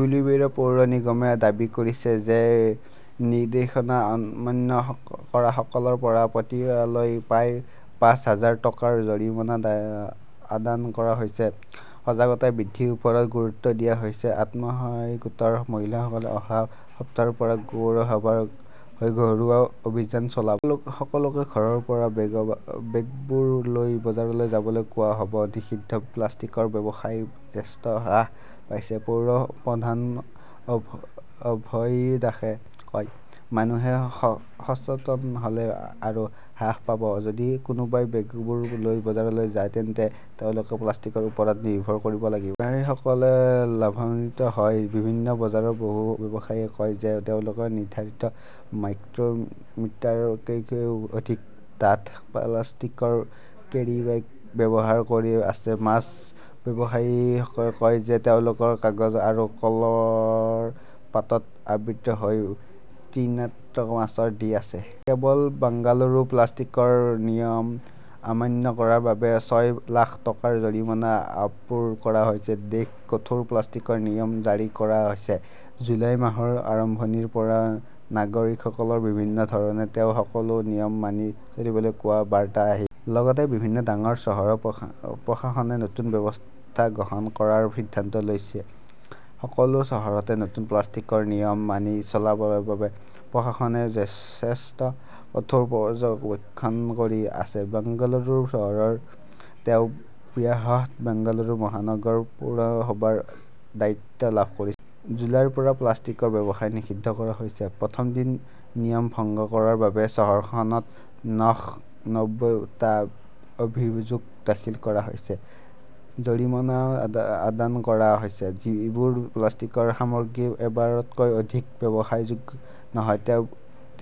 উলুবেৰিয়া পৌৰ নিগমে দাবী কৰিছে যে নিৰ্দেশনা অমান্য কৰাসকলৰ পৰা এতিয়ালৈকে প্ৰায় পাঁচ হাজাৰ টকাৰ জৰিমনা আদায় কৰা হৈছে। সজাগতা বৃদ্ধিৰ ওপৰত গুৰুত্ব দিয়া হৈছে। আত্মসহায়ক গোটৰ মহিলাসকলে অহা সপ্তাহৰ পৰা পৌৰসভাৰ হৈ ঘৰুৱা অভিযান চলাব। সকলোকে ঘৰৰ পৰা বেগবোৰ লৈ বজাৰলৈ যাবলৈ কোৱা হ'ব। নিষিদ্ধ প্লাষ্টিকৰ ব্যৱহাৰ যথেষ্ট হ্ৰাস পাইছে, পৌৰ প্ৰধান অভয় দাসে কয়। মানুহে সচেতন হ'লে আৰু হ্ৰাস পাব। যদি কোনোবাই বেগবোৰ লৈ বজাৰলৈ যায়, তেন্তে তেওঁলোকে প্লাষ্টিকৰ ওপৰত নিৰ্ভৰ কৰিব নালাগে। ব্যৱসায়ীসকলেও লাভান্বিত হয়। বিভিন্ন বজাৰৰ বহু ব্যৱসায়ীয়ে কয় যে তেওঁলোকে নিৰ্ধাৰিত মাইক্ৰমিটাৰতকৈও অধিক ডাঠ প্লাষ্টিকৰ কেৰিব্যাগ ব্যৱহাৰ কৰি আছে। মাছ ব্যৱসায়ীসকলে কয় যে তেওঁলোকে কাগজ আৰু কলৰ পাতত আবৃত হৈ ক্ৰেতাসকলক মাছ দি আছে। কেৱল বেংগালুৰুতে প্লাষ্টিকৰ নিয়ম অমান্য কৰাৰ বাবে ছয় লাখ টকাৰ জৰিমনা আৰোপ কৰা হৈছে। দেশত কঠোৰ প্লাষ্টিকৰ নিয়ম জাৰি কৰা হৈছে। জুলাই মাহৰ আৰম্ভণিৰে পৰা নাগৰিকসকলক বিভিন্ন ধৰণে তেওঁ সকলো নিয়ম মানি চলিবলৈ কোৱাৰ বাৰ্তা আহিছে। লগতে বিভিন্ন ডাঙৰ চহৰত প্ৰশাসনে নতুন ব্যৱস্থা গ্ৰহণ কৰাৰ সিদ্ধান্ত লৈছে। সকলো চহৰতে নতুন প্লাষ্টিকৰ নিয়ম মানি চলাৰ বাবে প্ৰশাসনে যথেষ্ট কঠোৰ পৰ্যবেক্ষণ কৰি আছে। বেংগালুৰু চহৰত তেওঁ ব্ৰুহট বেংগালুৰু মহানগৰ পৌৰসভা ৰ দায়িত্ব লাভ কৰিছে। জুলাইৰ পৰা প্লাষ্টিকৰ ব্যৱহাৰ নিষিদ্ধ কৰা হৈছে। প্ৰথম দিনত নিয়ম ভংগ কৰাৰ বাবে চহৰখনত নশ নব্বৈটা অভিযোগ দাখিল কৰা হৈছিল। জৰিমনা আদায় কৰা হৈছে। যিবোৰ প্লাষ্টিকৰ সামগ্ৰী এবাৰতকৈ অধিক ব্যৱহাৰযোগ্য নহয়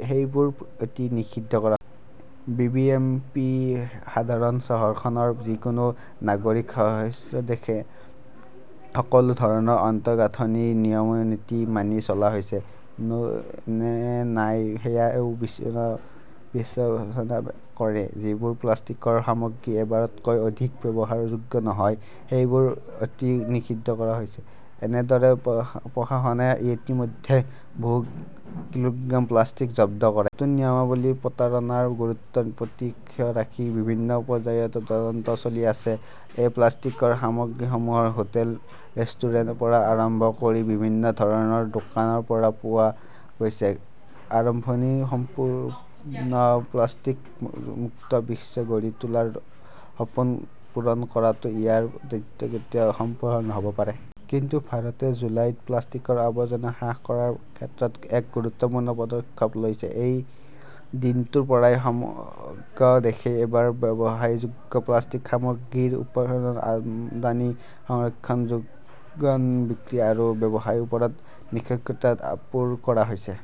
সেইবোৰ এতিয়া নিষিদ্ধ কৰা হৈছে। বিবিএমপিয়ে সাধাৰণতে চহৰখনৰ যিকোনো নাগৰিক সমস্যা দেখে। সকলো ধৰণৰ আন্তঃগাঁথনিৰ নিয়ম-নীতি মানি চলা হৈছে নে নাই সেয়াও বিবেচনা কৰে। যিবোৰ প্লাষ্টিকৰ সামগ্ৰী এবাৰতকৈ অধিক ব্যৱহাৰযোগ্য নহয় সেইবোৰ এতিয়া নিষিদ্ধ কৰা হৈছে। একেদৰে, প্ৰশাসনে ইতিমধ্যে বহু কিলোগ্ৰাম প্লাষ্টিক জব্দ কৰিছে। নতুন নিয়মাৱলীৰ প্ৰতাৰণাৰ গুৰুত্বৰ প্ৰতি লক্ষ্য ৰাখি বিভিন্ন পৰ্যায়ত তদন্ত চলি আছে। এই প্লাষ্টিকৰ সামগ্ৰীসমূহ হোটেল, ৰেষ্টুৰেণ্টৰ পৰা আৰম্ভ কৰি বিভিন্ন ধৰণৰ দোকানৰ পৰা পোৱা গৈছে। আৰম্ভণিতে সম্পূৰ্ণ প্লাষ্টিক-মুক্ত বিশ্ব গঢ়ি তোলাৰ সপোন পূৰণ কৰাটো ইমান দ্ৰুতগতিত সম্ভৱ নহ'বও পাৰে। কিন্তু ভাৰতে জুলাইত প্লাষ্টিকৰ আৱৰ্জনা হ্ৰাস কৰাৰ ক্ষেত্ৰত এক গুৰুত্বপূৰ্ণ পদক্ষেপ লৈছে। সেই দিনটোৰ পৰাই সমগ্ৰ দেশতে এবাৰ ব্যৱহাৰযোগ্য প্লাষ্টিক সামগ্ৰীৰ উৎপাদন, আমদানি, সংৰক্ষণ, যোগান, বিক্ৰী আৰু ব্যৱহাৰৰ ওপৰত নিষেধাজ্ঞা আৰোপ কৰা হৈছে।